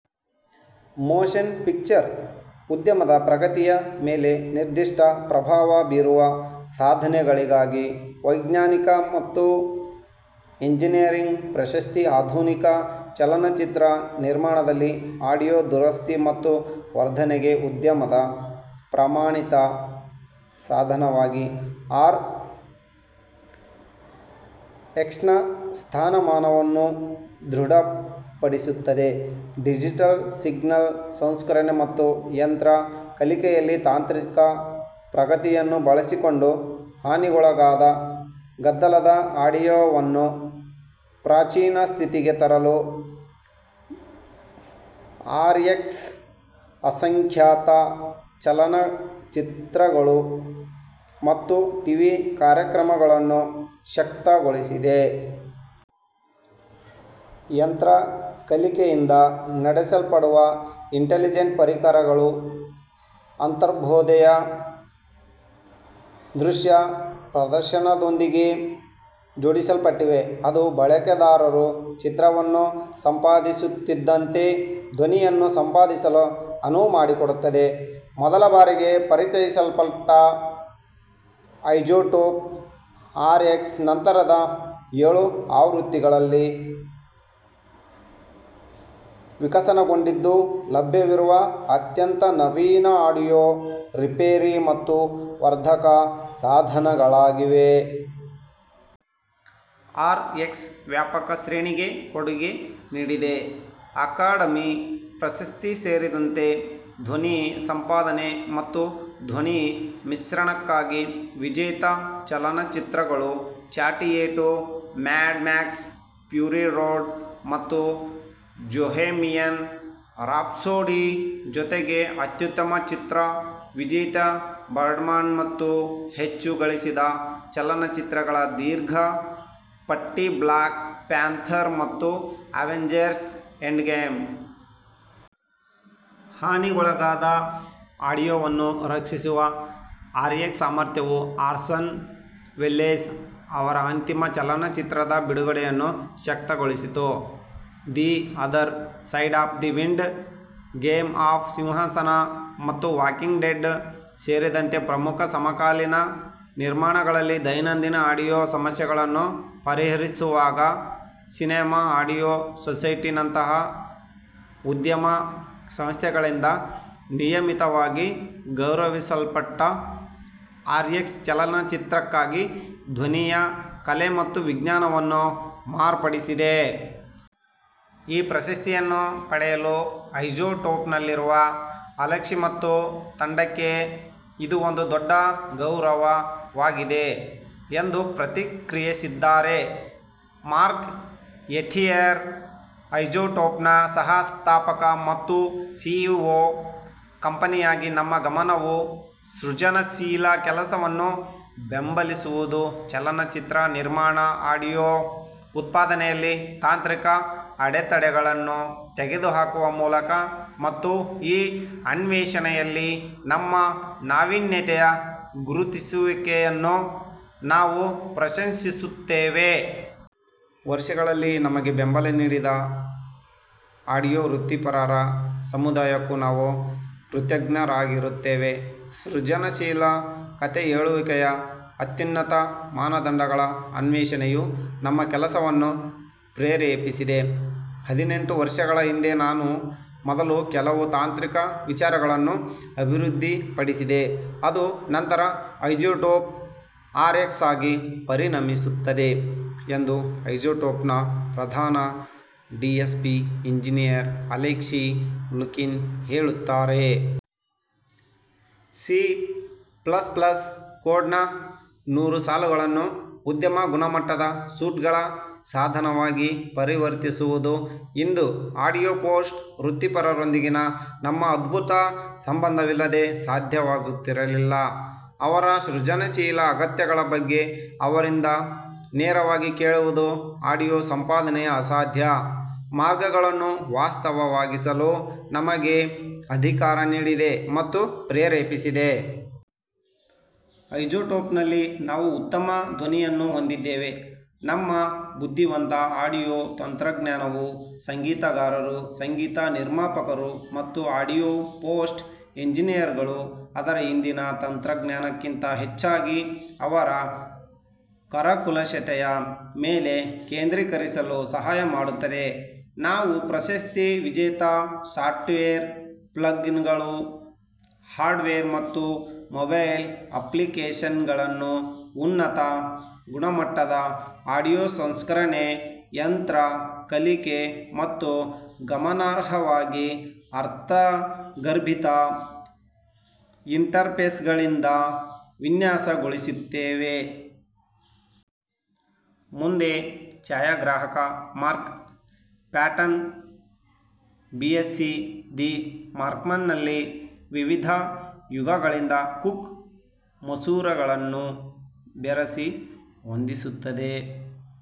Motion picture ಉದ್ಯಮದ ಪ್ರಗತಿಯ ಮೇಲೆ ನಿರ್ದಿಷ್ಟ ಪ್ರಭಾವ ಬೀರುವ ಸಾಧನೆಗಳಿಗಾಗಿ, ವೈಜ್ಞಾನಿಕ ಮತ್ತು ಎಂಜಿನಿಯರಿಂಗ್ ಪ್ರಶಸ್ತಿ ಆಧುನಿಕ ಚಲನಚಿತ್ರ ನಿರ್ಮಾಣದಲ್ಲಿ ಆಡಿಯೊ ದುರಸ್ತಿ ಮತ್ತು ವರ್ಧನೆಗೆ ಉದ್ಯಮದ ಪ್ರಮಾಣಿತ ಸಾಧನವಾಗಿ ಆರ್ ಎಕ್ಸ್ನ ಸ್ಥಾನಮಾನವನ್ನು ದೃಢ ಪಡಿಸುತ್ತದೆ. ಡಿಜಿಟಲ್ ಸಿಗ್ನಲ್ ಸಂಸ್ಕರಣೆ ಮತ್ತು ಯಂತ್ರ ಕಲಿಕೆಯಲ್ಲಿ ತಾಂತ್ರಿಕ ಪ್ರಗತಿಯನ್ನು ಬಳಸಿಕೊಂಡು, ಹಾನಿಗೊಳಗಾದ, ಗದ್ದಲದ ಆಡಿಯೊವನ್ನು ಪ್ರಾಚೀನ ಸ್ಥಿತಿಗೆ ತರಲು ಆರ್ಎಕ್ಸ್ ಅಸಂಖ್ಯಾತ ಚಲನಚಿತ್ರಗಳು ಮತ್ತು ಟಿವಿ ಕಾರ್ಯಕ್ರಮಗಳನ್ನು ಶಕ್ತಗೊಳಿಸಿದೆ. ಯಂತ್ರ ಕಲಿಕೆಯಿಂದ ನಡೆಸಲ್ಪಡುವ ಇಂಟೆಲಿಜೆಂಟ್ ಪರಿಕರಗಳು ಅಂತರ್ಬೋಧೆಯ ದೃಶ್ಯ ಪ್ರದರ್ಶನದೊಂದಿಗೆ ಜೋಡಿಸಲ್ಪಟ್ಟಿವೆ, ಅದು ಬಳಕೆದಾರರು ಚಿತ್ರವನ್ನು ಸಂಪಾದಿಸುತ್ತಿದ್ದಂತೆ ಧ್ವನಿಯನ್ನು ಸಂಪಾದಿಸಲು ಅನುವು ಮಾಡಿಕೊಡುತ್ತದೆ. ಮೊದಲ ಬಾರಿಗೆ ಪರಿಚಯಿಸಲ್ಪಟ್ಟ ಐಜೋಟೋಪ್ ಆರ್ ಎಕ್ಸ್ ನಂತರದ ಏಳು ಆವೃತ್ತಿಗಳಲ್ಲಿ ವಿಕಸನಗೊಂಡಿದ್ದು, ಲಭ್ಯವಿರುವ ಅತ್ಯಂತ ನವೀನ ಆಡಿಯೊ ರಿಪೇರಿ ಮತ್ತು ವರ್ಧಕ ಸಾಧನಗಳಾಗಿವೆ. ಆರ್ ಎಕ್ಸ್ ವ್ಯಾಪಕ ಶ್ರೇಣಿಗೆ ಕೊಡುಗೆ ನೀಡಿದೆ ಅಕಾಡಮಿ ಪ್ರಶಸ್ತಿಸೇರಿದಂತೆ ಧ್ವನಿ ಸಂಪಾದನೆ ಮತ್ತು ಧ್ವನಿ ಮಿಶ್ರಣಕ್ಕಾಗಿ ವಿಜೇತ ಚಲನಚಿತ್ರಗಳು ಚಾಟಿಯೇಟು, ಮ್ಯಾಡ್ ಮ್ಯಾಕ್ಸ್: ಫ್ಯೂರಿ ರೋಡ್, ಮತ್ತು ಬೊಹೆಮಿಯನ್ ರಾಪ್ಸೋಡಿ, ಜೊತೆಗೆ ಅತ್ಯುತ್ತಮ ಚಿತ್ರ ವಿಜೇತ ಬರ್ಡ್ಮನ್ ಮತ್ತು ಹೆಚ್ಚು ಗಳಿಸಿದ ಚಲನಚಿತ್ರಗಳ ದೀರ್ಘ ಪಟ್ಟಿ ಬ್ಲಾಕ್ ಪ್ಯಾಂಥರ್ ಮತ್ತು ಅವೆಂಜರ್ಸ್: ಎಂಡ್ಗೇಮ್. ಹಾನಿಗೊಳಗಾದ ಆಡಿಯೊವನ್ನು ರಕ್ಷಿಸುವ ಆರ್ಎಕ್ಸ್ ಸಾಮರ್ಥ್ಯವು ಆರ್ಸನ್ ವೆಲ್ಲೆಸ್ ಅವರ ಅಂತಿಮ ಚಲನಚಿತ್ರದ ಬಿಡುಗಡೆಯನ್ನು ಶಕ್ತಗೊಳಿಸಿತು The Other Side of the Wind "Game of ಸಿಂಹಾಸನ" ಮತ್ತು "ವಾಕಿಂಗ್ ಡೆಡ್" ಸೇರಿದಂತೆ ಪ್ರಮುಖ ಸಮಕಾಲೀನ ನಿರ್ಮಾಣಗಳಲ್ಲಿ ದೈನಂದಿನ ಆಡಿಯೊ ಸಮಸ್ಯೆಗಳನ್ನು ಪರಿಹರಿಸುವಾಗ. ಸಿನೆಮಾ ಆಡಿಯೊ ಸೊಸೈಟಿ ನಂತಹ ಉದ್ಯಮ ಸಂಸ್ಥೆಗಳಿಂದ ನಿಯಮಿತವಾಗಿ ಗೌರವಿಸಲ್ಪಟ್ಟ ಆರ್ಎಕ್ಸ್ ಚಲನಚಿತ್ರಕ್ಕಾಗಿ ಧ್ವನಿಯ ಕಲೆ ಮತ್ತು ವಿಜ್ಞಾನವನ್ನು ಮಾರ್ಪಡಿಸಿದೆ. "ಈ ಪ್ರಶಸ್ತಿಯನ್ನು ಪಡೆಯಲು ಐಜೋಟೋಪ್ನಲ್ಲಿರುವ ಅಲೆಕ್ಸಿ ಮತ್ತು ತಂಡಕ್ಕೆ ಇದು ಒಂದು ದೊಡ್ಡ ಗೌರವವಾಗಿದೆ" ಎಂದು ಪ್ರತಿಕ್ರಿಯಿಸಿದ್ದಾರೆ ಮಾರ್ಕ್ ಎಥಿಯರ್, ಐಜೋಟೋಪ್ನ ಸಹ-ಸ್ಥಾಪಕ ಮತ್ತು ಸಿಇಒ. "ಕಂಪನಿಯಾಗಿ ನಮ್ಮ ಗಮನವು ಸೃಜನಶೀಲ ಕೆಲಸವನ್ನು ಬೆಂಬಲಿಸುವುದು ಚಲನಚಿತ್ರ ನಿರ್ಮಾಣ ಆಡಿಯೊ ಉತ್ಪಾದನೆಯಲ್ಲಿ ತಾಂತ್ರಿಕ ಅಡೆತಡೆಗಳನ್ನು ತೆಗೆದುಹಾಕುವ ಮೂಲಕ, ಮತ್ತು ಈ ಅನ್ವೇಷಣೆಯಲ್ಲಿ ನಮ್ಮ ನಾವೀನ್ಯತೆಯ ಗುರುತಿಸುವಿಕೆಯನ್ನು ನಾವು ಪ್ರಶಂಸಿಸುತ್ತೇವೆ. ವರ್ಷಗಳಲ್ಲಿ ನಮಗೆ ಬೆಂಬಲ ನೀಡಿದ ಆಡಿಯೊ ವೃತ್ತಿಪರರ ಸಮುದಾಯಕ್ಕೂ ನಾವು ಕೃತಜ್ಞರಾಗಿರುತ್ತೇವೆ. ಸೃಜನಶೀಲ ಕಥೆ ಹೇಳುವಿಕೆಯ ಅತ್ಯುನ್ನತ ಮಾನದಂಡಗಳ ಅನ್ವೇಷಣೆಯು ನಮ್ಮ ಕೆಲಸವನ್ನು ಪ್ರೇರೇಪಿಸಿದೆ. " ಹದಿನೆಂಟು ವರ್ಷಗಳ ಹಿಂದೆ ನಾನು ಮೊದಲು ಕೆಲವು ತಾಂತ್ರಿಕ ವಿಚಾರಗಳನ್ನು ಅಭಿವೃದ್ಧಿಪಡಿಸಿದೆ, ಅದು ನಂತರ ಐಜೋಟೋಪ್ ಆರ್ ಎಕ್ಸ್ ಆಗಿ ಪರಿಣಮಿಸುತ್ತದೆ" ಎಂದು ಐಜೋಟೋಪ್ನ ಪ್ರಧಾನ ಡಿಎಸ್ಪಿ ಎಂಜಿನಿಯರ್ ಅಲೆಕ್ಸಿ ಲುಕಿನ್ ಹೇಳುತ್ತಾರೆ. "ಸಿ ಪ್ಲಸ್ ಪ್ಲಸ್ ಕೋಡ್ನ ನೂರು ಸಾಲುಗಳನ್ನು ಉದ್ಯಮ-ಗುಣಮಟ್ಟದ ಸೂಟ್ಗಳ ಸಾಧನವಾಗಿ ಪರಿವರ್ತಿಸುವುದು ಇಂದು ಆಡಿಯೊ ಪೋಸ್ಟ್ ವೃತ್ತಿಪರರೊಂದಿಗಿನ ನಮ್ಮ ಅದ್ಭುತ ಸಂಬಂಧವಿಲ್ಲದೆ ಸಾಧ್ಯವಾಗುತ್ತಿರಲಿಲ್ಲ. ಅವರ ಸೃಜನಶೀಲ ಅಗತ್ಯಗಳ ಬಗ್ಗೆ ಅವರಿಂದ ನೇರವಾಗಿ ಕೇಳುವುದು ಆಡಿಯೊ ಸಂಪಾದನೆಯ ಅಸಾಧ್ಯ ಮಾರ್ಗಗಳನ್ನು ವಾಸ್ತವವಾಗಿಸಲು ನಮಗೆ ಅಧಿಕಾರ ನೀಡಿದೆ ಮತ್ತು ಪ್ರೇರೇಪಿಸಿದೆ. ಐಜೋಟೋಪ್ನಲ್ಲಿ, ನಾವು ಉತ್ತಮ ಧ್ವನಿಯನ್ನು ಹೊಂದಿದ್ದೇವೆ. ನಮ್ಮ ಬುದ್ಧಿವಂತ ಆಡಿಯೊ ತಂತ್ರಜ್ಞಾನವು ಸಂಗೀತಗಾರರು, ಸಂಗೀತ ನಿರ್ಮಾಪಕರು ಮತ್ತು ಆಡಿಯೊ ಪೋಸ್ಟ್ ಎಂಜಿನಿಯರ್ಗಳು ಅದರ ಹಿಂದಿನ ತಂತ್ರಜ್ಞಾನಕ್ಕಿಂತ ಹೆಚ್ಚಾಗಿ ಅವರ ಕರಕುಶಲತೆಯ ಮೇಲೆ ಕೇಂದ್ರೀಕರಿಸಲು ಸಹಾಯ ಮಾಡುತ್ತದೆ. ನಾವು ಪ್ರಶಸ್ತಿ ವಿಜೇತ ಸಾಫ್ಟ್ವೇರ್, ಪ್ಲಗ್-ಇನ್ಗಳು, ಹಾರ್ಡ್ವೇರ್ ಮತ್ತು ಮೊಬೈಲ್ ಅಪ್ಲಿಕೇಶನ್ಗಳನ್ನು ಉನ್ನತ ಗುಣಮಟ್ಟದ ಆಡಿಯೊ ಸಂಸ್ಕರಣೆ, ಯಂತ್ರ ಕಲಿಕೆ ಮತ್ತು ಗಮನಾರ್ಹವಾಗಿ ಅರ್ಥಗರ್ಭಿತ ಇಂಟರ್ಫೇಸ್ಗಳಿಂದ ವಿನ್ಯಾಸಗೊಳಿಸುತ್ತೇವೆ. ಮುಂದೆ: ಛಾಯಾಗ್ರಾಹಕ ಮಾರ್ಕ್ ಪ್ಯಾಟನ್ ಬಿಎಸ್ಸಿ ದಿ ಮಾರ್ಕ್ಸ್ಮನ್ನಲ್ಲಿ ವಿವಿಧ ಯುಗಗಳಿಂದ ಕುಕ್ ಮಸೂರಗಳನ್ನು ಬೆರೆಸಿ ಹೊಂದಿಸುತ್ತದೆ.